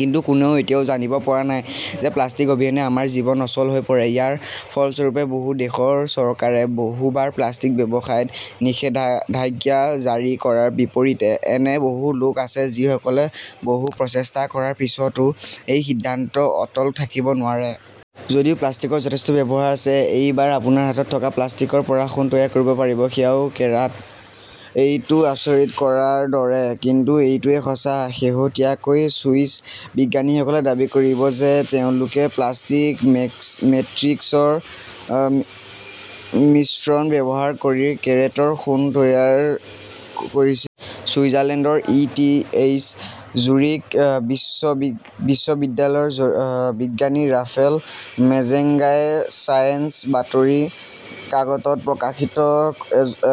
কিন্তু কোনেও এতিয়াও জানিব পৰা নাই যে প্লাষ্টিক অবিহনে আমাৰ জীৱন অচল হৈ পৰে। ইয়াৰ ফলস্বৰূপে, বহু দেশৰ চৰকাৰে বহুবাৰ প্লাষ্টিক ব্যৱহাৰত নিষেধাজ্ঞা জাৰি কৰাৰ বিপৰীতে, এনে বহু লোক আছে যিসকলে বহু প্ৰচেষ্টা কৰাৰ পিছতো এই সিদ্ধান্তত অটল থাকিব নোৱাৰে। যদিও প্লাষ্টিকৰ যথেষ্ট ব্যৱহাৰ আছে, এইবাৰ আপোনাৰ হাতত থকা প্লাষ্টিকৰ পৰা সোণ তৈয়াৰ কৰিব পাৰি, সেয়াও কেৰাট। এইটো আচৰিত কৰাৰ দৰে, কিন্তু এইটোৱেই সঁচা। শেহতীয়াকৈ ছুইছ বিজ্ঞানীসকলে দাবী কৰিছিল যে তেওঁলোকে প্লাষ্টিক মেট্ৰিক্সৰ মিশ্ৰণ ব্যৱহাৰ কৰি কেৰেটৰ সোণ তৈয়াৰ কৰিছিল। ছুইজাৰলেণ্ডৰ ই টি এইচ জুৰিক বিশ্ববিদ্যালয়ৰ বিজ্ঞানী ৰাফেল মেজেঙ্গাই ছায়েন্স বাতৰি কাকতত প্ৰকাশিত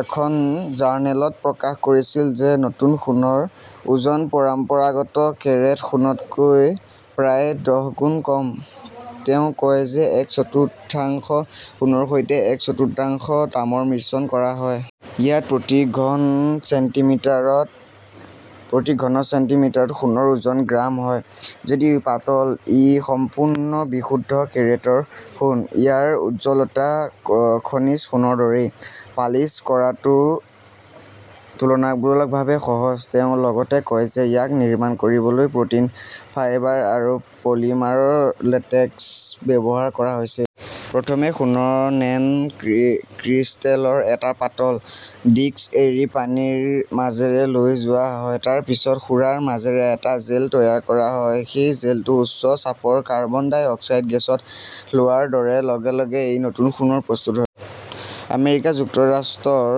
এখন জাৰ্নেলত প্ৰকাশ কৰিছিল যে নতুন সোণৰ ওজন পৰম্পৰাগত কেৰেট সোণতকৈ প্ৰায় দহগুণ কম। তেওঁ কয় যে এক চতুৰ্থাংশ সোণৰ সৈতে এক চতুৰ্থাংশ তামৰ মিশ্ৰণ কৰা হয়। ইয়াত প্ৰতি ঘন চেণ্টিমিটাৰত সোণৰ ওজন গ্ৰাম হয়। যদিও ই পাতল, ই সম্পূৰ্ণ বিশুদ্ধ কেৰেটৰ সোণ। ইয়াৰ উজ্জ্বলতা খনিজ সোণৰ দৰেই। পালিছ কৰাটোও তুলনামূলকভাৱে সহজ। তেওঁ লগতে কয় যে ইয়াক নিৰ্মাণ কৰিবলৈ প্ৰ'টিন ফাইবাৰ আৰু পলিমাৰ লেটেক্স ব্যৱহাৰ কৰা হৈছিল। প্ৰথমে সোণৰ নেন ক্ৰিষ্টেলৰ এটা পাতল ডিস্ক এৰি পানীৰ মাজেৰে লৈ যোৱা হয়, তাৰ পিছত সুৰাৰ মাজেৰে এটা জেল তৈয়াৰ কৰা হয়। সেই জেলটো উচ্চ চাপৰ কাৰ্বন ডাই অক্সাইড গেছত লোৱাৰ লগে লগে এই নতুন সোণটো প্ৰস্তুত হ'ব। আমেৰিকা যুক্তৰাষ্ট্ৰৰ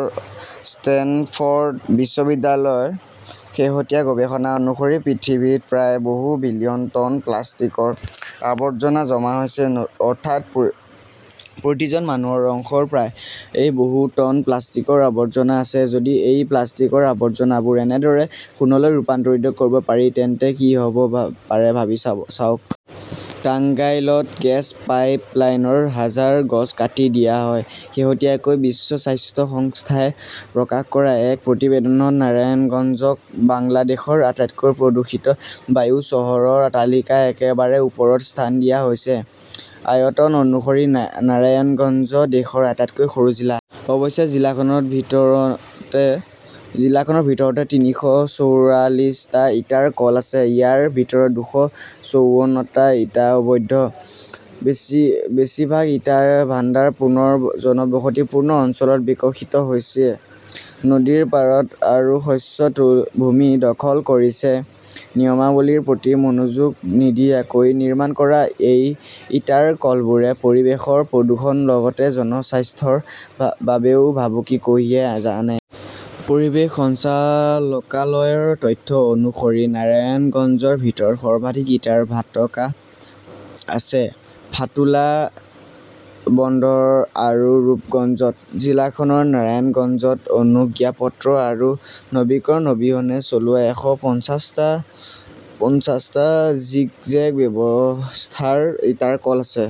ষ্টেনফৰ্ড বিশ্ববিদ্যালয়ৰ শেহতীয়া গৱেষণা অনুসৰি, পৃথিৱীত প্ৰায় বহু বিলিয়ন টন প্লাষ্টিকৰ আৱৰ্জনা জমা হৈছে। অৰ্থাৎ, প্ৰতিজন মানুহৰ অংশৰ প্ৰায় বহু টন প্লাষ্টিকৰ আৱৰ্জনা আছে। যদি এই প্লাষ্টিকৰ আৱৰ্জনাবোৰ এনেদৰে সোণলৈ ৰূপান্তৰিত কৰিব পাৰি, তেন্তে কি হ'ব পাৰে ভাবি চাওক। টাংগাইলত গেছ পাইপলাইন, হাজাৰ গছ কাটি দিয়া হ'ব। শেহতীয়াকৈ বিশ্ব স্বাস্থ্য সংস্থাই প্ৰকাশ কৰা এক প্ৰতিবেদনত নাৰায়ণগঞ্জক বাংলাদেশৰ আটাইতকৈ প্ৰদূষিত বায়ু চহৰৰ তালিকাৰ একেবাৰে ওপৰত স্থান দিয়া হৈছে। আয়তন অনুসৰি নাৰায়ণগঞ্জ দেশৰ আটাইতকৈ সৰু জিলা। অৱশ্যে, জিলাখনৰ ভিতৰতে তিনিশ চৌৰাল্লিশটা ইটাৰ কল আছে। ইয়াৰ ভিতৰত দুশ চৌৱান্নটা ইটা অবৈধ। বেছিভাগ ইটা ভাণ্ডাৰ পুনৰ জনবসতিপূৰ্ণ অঞ্চলত বিকশিত হৈছে, নদীৰ পাৰত আৰু শস্য ভূমি দখল কৰিছে। নিয়মাৱলীৰ প্ৰতি মনোযোগ নিদিয়াকৈ নিৰ্মাণ কৰা এই ইটাৰ কলবোৰে পৰিৱেশৰ প্ৰদূষণৰ লগতে জনস্বাস্থ্যৰ বাবেও ভাবুকি কঢ়িয়াই আনে। পৰিৱেশ সঞ্চালকালয়ৰ তথ্য অনুসৰি, নাৰায়ণগঞ্জৰ ভিতৰত সৰ্বাধিক ইটাৰ ভাটকা আছে ফাতুলা, বন্দৰ আৰু ৰূপগঞ্জত। জিলাখনৰ নাৰায়ণগঞ্জত অনুজ্ঞাপত্ৰ আৰু নৱীকৰণ অবিহনে চলোৱা এশ পঞ্চাশটা জিগজেগ ব্যৱস্থাৰ ইটাৰ কল আছে।